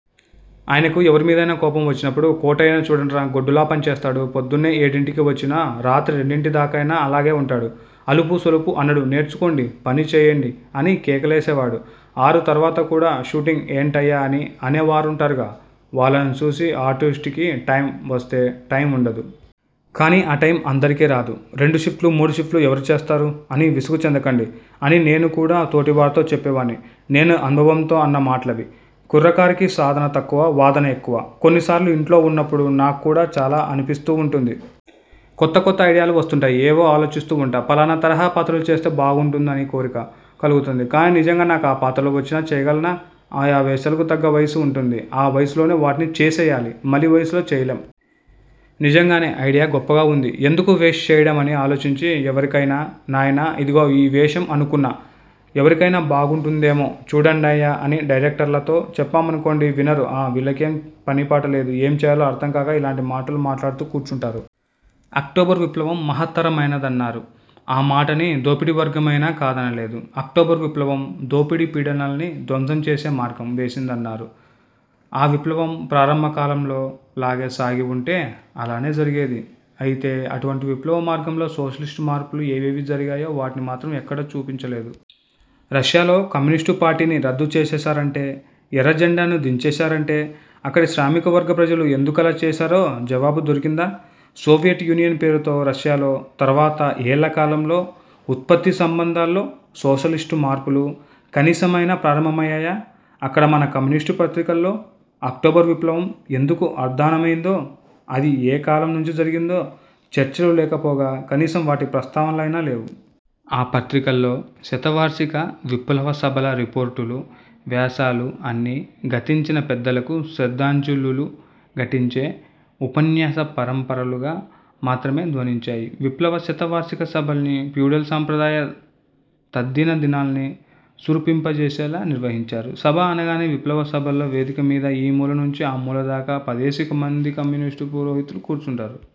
ఆయనకు ఎవరిమీదైనా కోపం వచ్చినప్పుడు 'కోటయ్యను చూడండ్రా గొడ్డులా పనిచేస్తాడు. పొద్దున్నే ఏడింటికి వచ్చినా, రాత్రి రెండింటిదాకైనా అలాగే ఉంటాడు. అలుపూ సొలుపూ అనడు. నేర్చుకోండి. పనిచేయండి' అని కేకలేసేవాడు. 'ఆరు తర్వాత కూడా షూటింగ్ ఏంటయ్యా' అని అనేవారుంటారుగా వాళ్లను చూసి! 'ఆర్టిస్టుకి టైమ్ వస్తే టైమ్ ఉండదు. కానీ ఆ టైమ్ అందరికీ రాదు. 'రెండు షిఫ్ట్లు, మూడు షిఫ్ట్లు ఎవరు చేస్తారు? అని విసుగు చెందకండి' అని నేను కూడా తోటివారితో చెప్పేవాణ్ణి. నేను అనుభవంతో అన్న మాటలవి. కుర్రకారుకి సాధన తక్కువ-వాదన ఎక్కువ కొన్నిసార్లు ఇంట్లో ఉన్నప్పుడు నాక్కూడా చాలా అనిపిస్తూ ఉంటుంది. కొత్త కొత్త ఐడియాలు వస్తుంటాయి. ఏవో ఆలోచిస్తూ ఉంటా. ఫలానా తరహా పాత్రలు చేస్తే బావుంటుంది అని కోరిక కలుగుతుంది. కానీ నిజంగా నాకు ఆ పాత్రలు వచ్చినా చేయగలనా? ఆయా వేషాలకు తగ్గ వయసు ఉంటుంది. ఆ వయసులోనే వాటిని చేసేయాలి. మలి వయసులో చేయలేం. నిజంగానే ఐడియా గొప్పగా ఉంది ఎందుకు వేస్ట్ చేయడం అని ఆలోచించి ఎవరికైనా 'నాయనా ఇదిగో ఈ వేషం అనుకున్నా. ఎవరికైనా బావుంటుందేమో చూడండయ్యా' అని డైరెక్టర్లతో చెప్పామనుకోండి. వినరు. 'ఆ వీళ్లకేం పనీపాటా లేదు. ఏం చెయ్యాలో అర్థంకాక ఇలాంటి మాటలు మాట్లాడుతూ కూర్చుంటారు. అక్టోబరు విప్లవం 'మహత్తర'మైనదన్నారు. ఆ మాటని దోపిడీ వర్గం అయినా కాదనలేదు. అక్టోబరు విప్లవం, దోపిడీ పీడనల్ని ధ్వంసం చేసే మార్గం వేసేసిందన్నారు. ఆ విప్లవం, ప్రారంభ కాలంలో లాగే సాగి వుంటే, అలాగే జరిగేది. అయితే, అటువంటి విప్లవ మార్గంలో, సోషలిస్టు మార్పులు ఏవేవి జరిగాయో వాటిని మాత్రం ఎక్కడా చూపించలేదు. రష్యాలో, కమ్యూనిస్టు పార్టీని రద్దు చేసేశారంటే, ఎర్ర జెండాని దించేశారంటే, అక్కడి శ్రామిక వర్గ ప్రజలు ఎందుకలా చేశారో జవాబు దొరికిందా? 'సోవియట్ యూనియన్' పేరుతో రష్యాలో, తర్వాత ఏళ్ళ కాలంలో, 'ఉత్పత్తి సంబంధాల్లో, సోషలిస్టు మార్పులు' కనీసమైనా ప్రారంభమయ్యాయా? ఇక్కడ మన కమ్యూనిస్టు పత్రికల్లో, అక్టోబరు విప్లవం ఎందుకు అంర్ధానమైందో, అది ఏ కాలం నించి జరిగిందో, చర్చలు లేకపోగా, కనీసం వాటి ప్రస్తావనలైనా లేవు. ఆ పత్రికల్లో, శత వార్షిక విప్లవ సభల రిపోర్టులూ, వ్యాసాలూ అన్నీ, గతించిన పెద్దలకు శ్రద్ధాంజలులు ఘటించే ఉపన్యాస పరంపరులుగా మాత్రమే ధ్వనించాయి. విప్లవ శత వార్షిక సభల్ని, ఫ్యూడల్ సంప్రదాయ తద్దిన దినాల్ని సుర్పీంపజేసేలా నిర్వహించారు! 'సభ' అనగానే, విప్లవ సభల్లో, వేదిక మీద ఈ మూల నించి ఆ మూల దాకా, పదేసి మంది కమ్యూనిస్టు పురోహితులు, కూర్చుంటారు.